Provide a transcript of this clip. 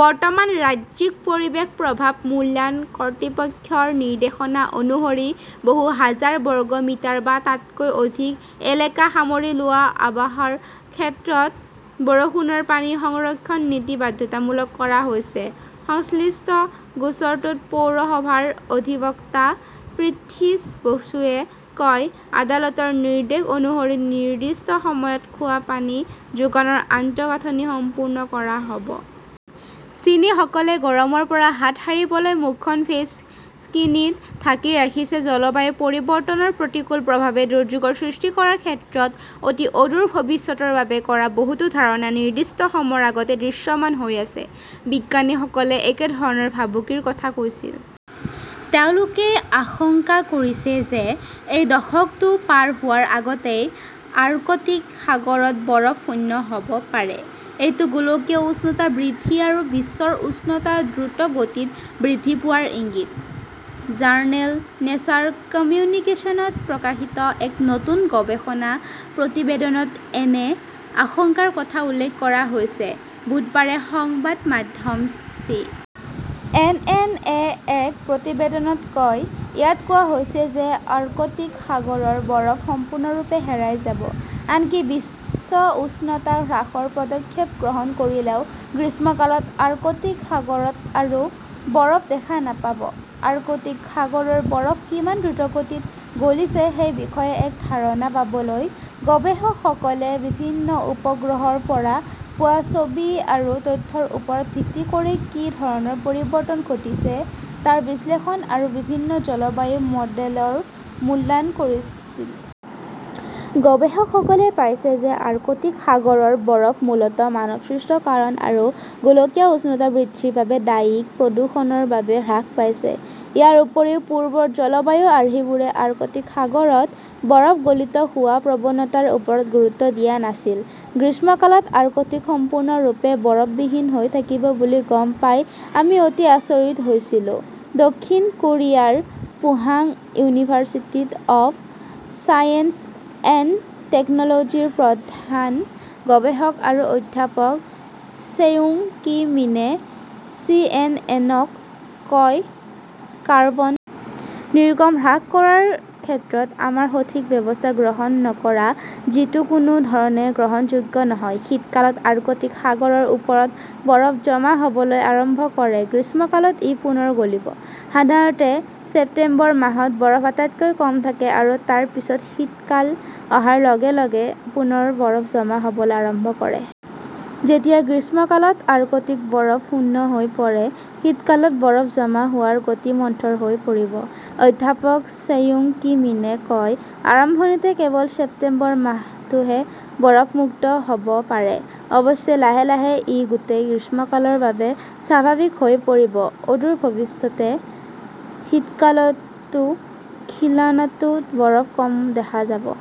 বৰ্তমান, ৰাজ্যিক পৰিৱেশ প্ৰভাৱ মূল্যায়ন কৰ্তৃপক্ষ "ৰ নিৰ্দেশনা অনুসৰি বহু হাজাৰ বৰ্গ মিটাৰ বা তাতকৈ অধিক এলেকা সামৰি লোৱা আৱাসৰ ক্ষেত্ৰত বৰষুণৰ পানী সংৰক্ষণ নীতি বাধ্যতামূলক কৰা হৈছে। সংশ্লিষ্ট গোচৰটোত পৌৰসভাৰ অধিবক্তা পৃথ্বীশ বসুৱে কয়, "আদালতৰ নিৰ্দেশ অনুসৰি নিৰ্দিষ্ট সময়ত খোৱা পানী যোগানৰ আন্তঃগাঁথনি সম্পূৰ্ণ কৰা হ'ব। "চীনীসকলে গৰমৰ পৰা হাত সাৰিবলৈ মুখখন 'ফেইচকিনি'ত ঢাকি ৰাখিছে জলবায়ু পৰিৱৰ্তনৰ প্ৰতিকূল প্ৰভাৱে দুৰ্যোগৰ সৃষ্টি কৰাৰ ক্ষেত্ৰত অতি অদূৰ ভৱিষ্যতৰ বাবে কৰা বহুতো ধাৰণা নিৰ্দিষ্ট সময়ৰ আগতে দৃশ্যমান হৈ আছে। বিজ্ঞানীসকলে একেধৰণৰ ভাবুকিৰ কথা কৈছিল। তেওঁলোকে আশংকা কৰিছে যে এই দশকটো পাৰ হোৱাৰ আগতেই আৰ্কটিক সাগৰত বৰফ শূন্য হ'ব পাৰে। এইটো গোলকীয় উষ্ণতা বৃদ্ধি আৰু বিশ্বৰ উষ্ণতা দ্ৰুতগতিত বৃদ্ধি পোৱাৰ ইংগিত। জাৰ্নেল নেচাৰ কমিউনিকেশ্বনত প্ৰকাশিত এক নতুন গৱেষণা প্ৰতিবেদনত এনে আশংকাৰ কথা উল্লেখ কৰা হৈছে ", বুধবাৰে সংবাদ মাধ্যম চি. এন. এন. -এ এক প্ৰতিবেদনত কয়। ইয়াত কোৱা হৈছে যে আৰ্কটিক সাগৰৰ বৰফ সম্পূৰ্ণৰূপে হেৰাই যাব। আনকি বিশ্ব উষ্ণতা হ্ৰাসৰ পদক্ষেপ গ্ৰহণ কৰিলেও গ্ৰীষ্মকালত আৰ্কটিক সাগৰত আৰু বৰফ দেখা নাপাব। আৰ্কটিক সাগৰৰ বৰফ কিমান দ্ৰুতগতিত গলিছে সেই বিষয়ে এক ধাৰণা পাবলৈ, গৱেষকসকলে বিভিন্ন উপগ্ৰহৰ পৰা পোৱা ছবি আৰু তথ্যৰ ওপৰত ভিত্তি কৰি কি ধৰণৰ পৰিৱৰ্তন ঘটিছে তাৰ বিশ্লেষণ আৰু বিভিন্ন জলবায়ু মডেলৰ মূল্যায়ন কৰিছিল। গৱেষকসকলে পাইছে যে আৰ্কটিক সাগৰৰ বৰফ মূলতঃ মানৱসৃষ্ট কাৰণ আৰু গোলকীয় উষ্ণতা বৃদ্ধিৰ বাবে দায়ী প্ৰদূষণৰ বাবে হ্ৰাস পাইছে। ইয়াৰ উপৰিও, পূৰ্বৰ জলবায়ু আৰ্হিবোৰে আৰ্কটিক সাগৰত বৰফ গলিত হোৱাৰ প্ৰৱণতাৰ ওপৰত গুৰুত্ব দিয়া নাছিল। "গ্ৰীষ্মকালত আৰ্কটিক সম্পূৰ্ণৰূপে বৰফবিহীন হৈ থাকিব বুলি গম পাই আমি অতি আচৰিত হৈছিলো", দক্ষিণ কোৰিয়াৰ Pohang university of science and টেকন "লজিৰ প্ৰধান গৱেষক আৰু অধ্যাপক ছেউং-কি মিনে চিএনএনক কয়। কাৰ্বন নিৰ্গমন হ্ৰাস কৰাৰ ক্ষেত্ৰত আমাৰ সঠিক ব্যৱস্থা গ্ৰহণ নকৰা, যিটো কোনো ধৰণে গ্ৰহণযোগ্য নহয়। "শীতকালত আৰ্কটিক সাগৰৰ ওপৰত বৰফ জমা হ'বলৈ আৰম্ভ কৰে। গ্ৰীষ্মকালত ই পুনৰ গলিব। সাধাৰণতে, ছেপ্টেম্বৰ মাহত বৰফ আটাইতকৈ কম থাকে আৰু তাৰ পিছত শীতকাল অহাৰ লগে লগে পুনৰ বৰফ জমা হ'বলৈ আৰম্ভ কৰে। "যেতিয়া গ্ৰীষ্মকালত আৰ্কটিক বৰফ শূন্য হৈ পৰে, শীতকালত বৰফ জমা হোৱাৰ গতি মন্থৰ হৈ পৰিব", অধ্যাপক ছেউং-কি মিনে কয়। আৰম্ভণিতে কেৱল ছেপ্টেম্বৰ মাহটোহে বৰফ-মুক্ত হ'ব পাৰে। অৱশ্যে, লাহে লাহে ই গোটেই গ্ৰীষ্মকালৰ বাবে স্বাভাৱিক হৈ পৰিব। অদূৰ ভৱিষ্যতে শীতকালতও খিলানটোত বৰফ কম দেখা যাব।